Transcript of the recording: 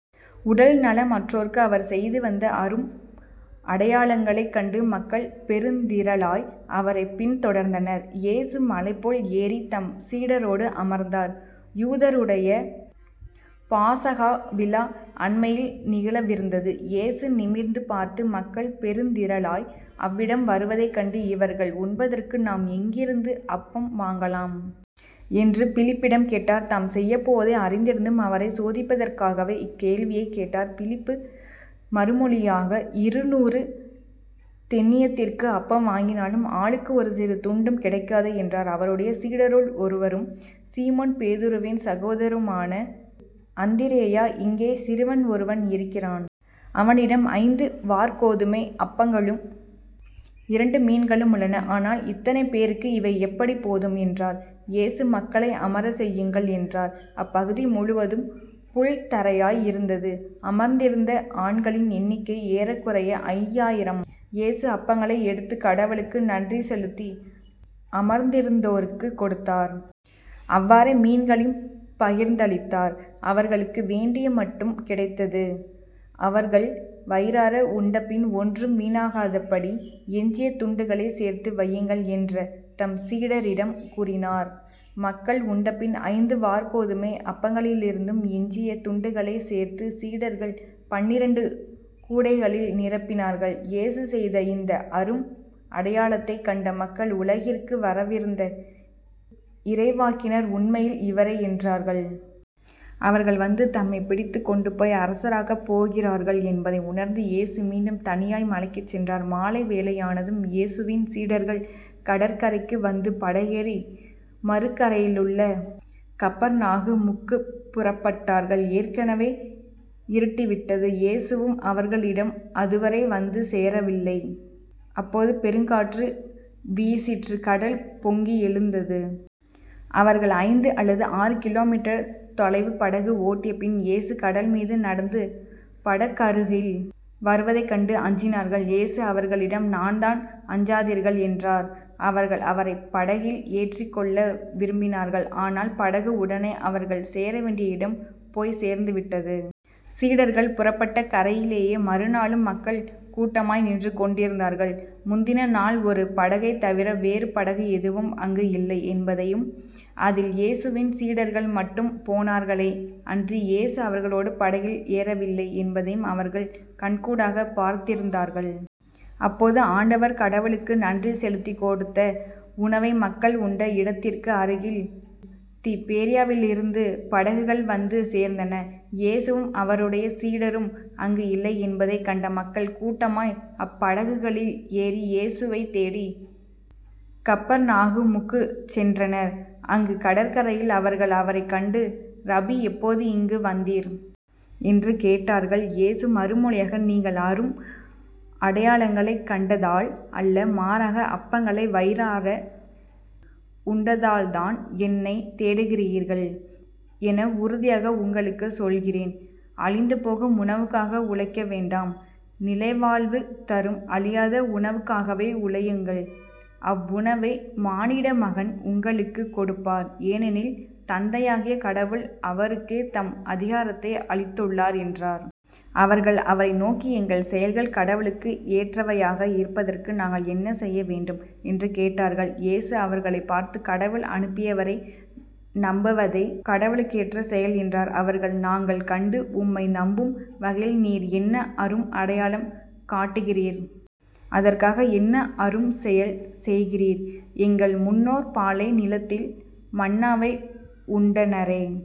உடல் நலம் அற்றோருக்கு அவர் செய்துவந்த அரும் அடையாளங்களைக் கண்டு மக்கள் பெருந்திரளாய் அவரைப் பின் தொடர்ந்தனர். இயேசு மலைமேல் ஏறித் தம் சீடரோடு அமர்ந்தார். யூதருடைய பாஸகா விழா அண்மையில் நிகழவிருந்தது. இயேசு நிமிர்ந்து பார்த்து மக்கள் பெருந்திரளாய் அவ்விடம் வருவதைக் கண்டு இவர்கள் உண்பதற்கு நாம் எங்கிருந்து அப்பம் வாங்கலாம்? என்று பிலிப்பிடம் கேட்டார். தாம் செய்யப்போவதை அறிந்திருந்தும் அவரைச் சோதிப்பதற்காகவே இக்கேள்வியைக் கேட்டார். பிலிப்பு மறுமொழியாக இருநூறு தெனியத்திற்கு அப்பம் வாங்கினாலும் ஆளுக்கு ஒரு சிறு துண்டும் கிடைக்காதே என்றார். அவருடைய சீடருள் ஒருவரும் சீமோன் பேதுருவின் சகோதரருமான அந்திரேயா இங்கே சிறுவன் ஒருவன் இருக்கிறான். அவனிடம் ஐந்து வாற்கோதுமை அப்பங்களும் இரண்டு மீன்களும் உள்ளன. ஆனால் இத்தனை பேருக்கு இவை எப்படிப் போதும்? என்றார். இயேசு மக்களை அமரச் செய்யுங்கள் என்றார். அப்பகுதி முழுவதும் புல்தரையாய் இருந்தது. அமர்ந்திருந்த ஆண்களின் எண்ணிக்கை ஏறக்குறைய ஐயாயிரம். இயேசு அப்பங்களை எடுத்துக் கடவுளுக்கு நன்றி செலுத்தி அமர்ந்திருந்தோருக்குக் கொடுத்தார். அவ்வாறே மீன்களையும் பகிர்ந்தளித்தார். அவர்களுக்கு வேண்டிய மட்டும் கிடைத்தது. அவர்கள் வயிறார உண்டபின் ஒன்றும் வீணாகாதபடி எஞ்சிய துண்டுகளைச் சேர்த்து வையுங்கள் என்ற தம் சீடரிடம் கூறினார். மக்கள் உண்டபின் ஐந்து வாற்கோதுமை அப்பங்களிலிருந்து எஞ்சிய துண்டுகளைச் சேர்த்துச் சீடர்கள் பன்னிரண்டு கூடைகளில் நிரப்பினார்கள். இயேசு செய்த இந்த அரும் அடையாளத்தைக் கண்ட மக்கள் உலகிற்கு வரவிருந்த இறைவாக்கினர் உண்மையில் இவரே என்றார்கள். அவர்கள் வந்து தம்மைப் பிடித்துக் கொண்டுபோய் அரசராக்கப் போகிறார்கள் என்பதை உணர்ந்து இயேசு மீண்டும் தனியாய் மலைக்குச் சென்றார். மாலை வேளையானதும் இயேசுவின் சீடர்கள் கடற்கரைக்கு வந்து படகேறி மறுகரையிலுள்ள கப்பர்நாகுமுக்குப் புறப்பட்டார்கள் ஏற்கெனவே இருட்டிவிட்டது. இயேசுவும் அவர்களிடம் அதுவரை வந்து சேரவில்லை. அப்போது பெருங்காற்று வீசிற்று கடல் பொங்கி எழுந்தது. அவர்கள் ஐந்து அல்லது ஆறு கிலோ மீட்டர் தொலைவு படகு ஓட்டியபின் இயேசு கடல்மீது நடந்து படகருகில் வருவதைக் கண்டு அஞ்சினார்கள். இயேசு அவர்களிடம் நான்தான் அஞ்சாதீர்கள் என்றார். அவர்கள் அவரைப் படகில் ஏற்றிக் கொள்ள விரும்பினார்கள். ஆனால் படகு உடனே அவர்கள் சேரவேண்டிய இடம் போய்ச் சேர்ந்துவிட்டது. சீடர்கள் புறப்பட்ட கரையிலேயே மறுநாளும் மக்கள் கூட்டமாய் நின்று கொண்டிருந்தார்கள். முந்தின நாள் ஒரு படகைத் தவிர வேறு படகு எதுவும் அங்கு இல்லை என்பதையும் அதில் இயேசுவின் சீடர்கள் மட்டும் போனார்களே அன்றி இயேசு அவர்களோடு படகில் ஏறவில்லை என்பதையும் அவர்கள் கண்கூடாகப் பார்த்திருந்தார்கள். அப்போது ஆண்டவர் கடவுளுக்கு நன்றி செலுத்திக் கொடுத்த உணவை மக்கள் உண்ட இடத்திற்கு அருகில் திபேரியாவிலிருந்து படகுகள் வந்து சேர்ந்தன. இயேசுவும் அவருடைய சீடரும் அங்கு இல்லை என்பதைக் கண்ட மக்கள் கூட்டமாய் அப்படகுகளில் ஏறி இயேசுவைத் தேடிக் கப்பர்நாகுமுக்குச் சென்றனர். அங்கு கடற்கரையில் அவர்கள் அவரைக் கண்டு ரபி எப்போது இங்கு வந்தீர்? என்று கேட்டார்கள். இயேசு மறுமொழியாக நீங்கள் அரும் அடையாளங்களைக் கண்டதால் அல்ல மாறாக அப்பங்களை வயிறார உண்டதால்தான் என்னைத் தேடுகிறீர்கள் என உறுதியாக உங்களுக்குச் சொல்கிறேன். அழிந்துபோகும் உணவுக்காக உழைக்க வேண்டாம். நிலைவாழ்வு தரும் அழியாத உணவுக்காகவே உழையுங்கள். அவ்வுணவை மானிடமகன் உங்களுக்குக் கொடுப்பார். ஏனெனில் தந்தையாகிய கடவுள் அவருக்கே தம் அதிகாரத்தை அளித்துள்ளார் என்றார். அவர்கள் அவரை நோக்கி எங்கள் செயல்கள் கடவுளுக்கு ஏற்றவையாக இருப்பதற்கு நாங்கள் என்ன செய்ய வேண்டும்? என்று கேட்டார்கள். இயேசு அவர்களைப் பார்த்து கடவுள் அனுப்பியவரை நம்பவதே கடவுளுக்கேற்ற செயல் என்றார். அவர்கள் நாங்கள் கண்டு உம்மை நம்பும் வகையில் நீர் என்ன அரும் அடையாளம் காட்டுகிறீர்? அதற்காக என்ன அரும் செயல் செய்கிறீர்? எங்கள் முன்னோர் பாலை நிலத்தில் மன்னாவை உண்டனரே.